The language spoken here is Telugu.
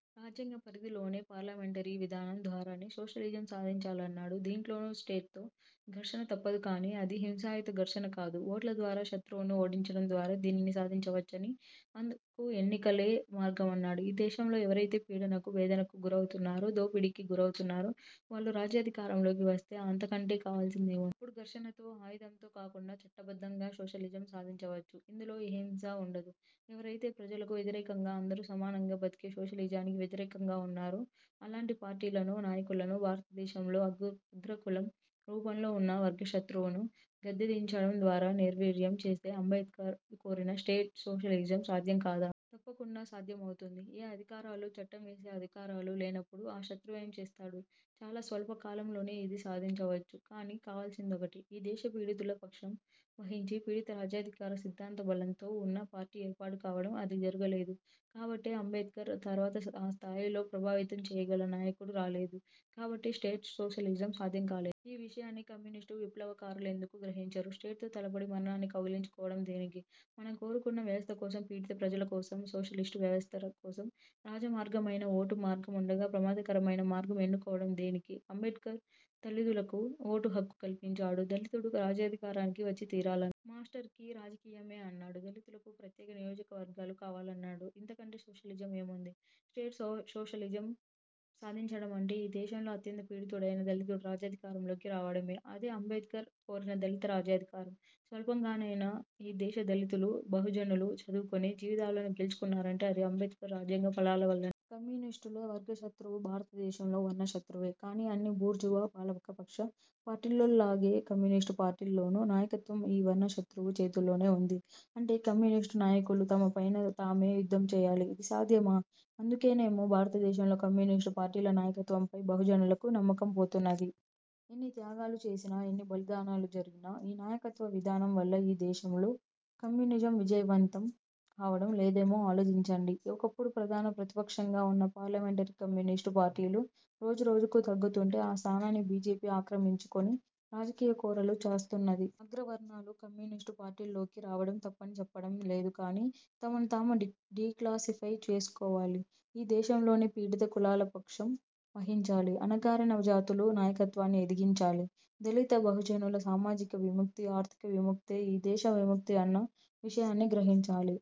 రాజ్యాంగ పరిధిలోనే, పార్లమెంటరీ విధానం ద్వారానే సోషలిజం సాధించాలన్నాడు. దీంట్లోనూ స్టేట్తో ఘర్షణ తప్పదు కాని అది హింసాయుత ఘర్షణ కాదు. ఓట్ల ద్వారా శత్రువును ఓడించడం ద్వారా దీనిని సాధించవచ్చనీ, అందుకు ఎన్నికలే మార్గమన్నాడు. ఈ దేశంలో ఎవరైతే పీడనకు వేదనకు గురవుతున్నారో, దోపిడీకి గురవుతున్నారో వాళ్ళు రాజ్యాధికారంలోకి వస్తే అంతకంటే కావాల్సిందేముం? అప్పుడు ఘర్షణతో, ఆయుధంతో కాకుండా చట్టబద్ధంగా సోషలిజం సాధించవచ్చు. ఇందులో ఏ హింసా ఉండదు. ఎవరైతే ప్రజలకు వ్యతిరేకంగా, అందరూ సమానంగా బతికే సోషలిజానికి వ్యతిరేకంగా ఉన్నారో అలాంటి పార్టీలను, నాయకులను, భారతదేశంలో అగ్రకులం రూపంలో ఉన్న వర్గశత్రువును గద్దెదించడం ద్వారా నిర్వీర్యం చేస్తే అంబేద్కర్ కోరిన స్టేట్ సోషలిజం సాధ్యం కాదా? తప్పకుండా సాధ్యమవుతుంది. ఏ అధికారాలూ, చట్టం చేసే అధికారాలూ లేనప్పుడు ఆ శత్రువేం చేస్తాడు. చాలా స్వల్పకాలంలోనే ఇది సాధించవచ్చు. కానీ, కావాల్సిందొకటే. ఈ దేశ పీడితుల పక్షం వహించి పీడిత రాజ్యాధికార సిద్ధాంత బలంతో ఉన్న పార్టీ ఏర్పాటు కావడం. అది జరుగలేదు కాబట్టే, అంబేద్కర్ తర్వాత ఆ స్థాయిలో ప్రభావితం చేయగల నాయకుడు రాలేదు కాబట్టే, స్టేట్ సోషలిజం సాధ్యం కాలేదు. ఈ విషయాన్ని కమ్యునిస్టు విప్లవకారులెందుకు గ్రహించరు? స్టేట్తో తలపడి మరణాన్ని కౌగిలించుకోవడం దేనికి? మనం కోరుకున్న వ్యవస్థ కోసం, పీడిత ప్రజల కోసం, సోషలిస్టు వ్యవస్థ కోసం రాజమార్గమైన ఓటు మార్గముండగా ప్రమాదకరమైన మార్గం ఎన్నుకోవడం దేనికి? అంబేద్కర్ దళితులకు ఓటు హక్కు కల్పించాడు. దళితుడు రాజ్యాధికారానికి వచ్చి తీరాలన్ మాస్టర్కీ రాజకీయమే అన్నాడు. దళితులకు ప్రత్యేక నియోజకవర్గాలు కావాలన్నాడు. ఇంతకంటే సోషలిజం ఏముంది? స్టేట్ సోషలిజం సాధించడమంటే ఈ దేశంలో అత్యంత పీడితుడైన దళితుడు రాజ్యాధికారంలోకి రావడమే. అదే అంబేద్కర్ కోరిన దళిత రాజ్యాధికారం. స్వల్పంగానైనా ఈ దేశ దళితులు, బహుజనులు చదువుకొని జీవితాలను గెలుచుకున్నారంటే అది అంబేద్కర్ రాజ్యాంగ ఫలాల వల్ కమ్యునిస్టుల వర్గశత్రువు భారతదేశంలో వర్ణశత్రువే. కాని అన్ని బూర్జువా పాలకపక్ష పార్టీల్లోల్లాగే కమ్యునిస్టు పార్టీల్లోనూ నాయకత్వం ఈ వర్ణశత్రువు చేతుల్లోనే ఉంది. అంటే కమ్యునిస్టు నాయకులు తమపైన తామే యుద్ధం చేయాలి. ఇది సాధ్యమా? అందుకేనేమో భారతదేశంలో కమ్యునిస్టు పార్టీల నాయకత్వంపై బహుజనులకు నమ్మకం పోతున్నది. ఎన్ని త్యాగాలు చేసినా, ఎన్ని బలిదానాలు జరిగినా ఈ నాయకత్వ విధానం వల్ల ఈ దేశంలో కమ్యునిజం విజయవంతం కావడం లేదేమో ఆలోచించండి. ఒకప్పుడు ప్రధాన ప్రతిపక్షంగా ఉన్న పార్లమెంటరీ కమ్యునిస్టు పార్టీలు, రోజురోజుకూ తగ్గుతుంటే, ఆ స్థానాన్ని బి. జె. పి ఆక్రమించుకొని రాజకీయ కోరలు చాస్తున్నది. అగ్రవర్ణాలు కమ్యునిస్టు పార్టీల్లోకి రావడం తప్పని చెప్పడం లేదు కానీ, తమను తాము డీక్లాసిఫై చేసుకోవాలి. ఈ దేశంలోని పీడిత కులాల పక్షం వహించాలి. అణగారిన జాతుల నాయకత్వాన్ని ఎదిగించాలి. దళిత బహుజనుల సామాజిక విముక్తి, ఆర్థిక విముక్తే ఈ దేశ విముక్తి అన్న విషయాన్ని గ్రహించాలి.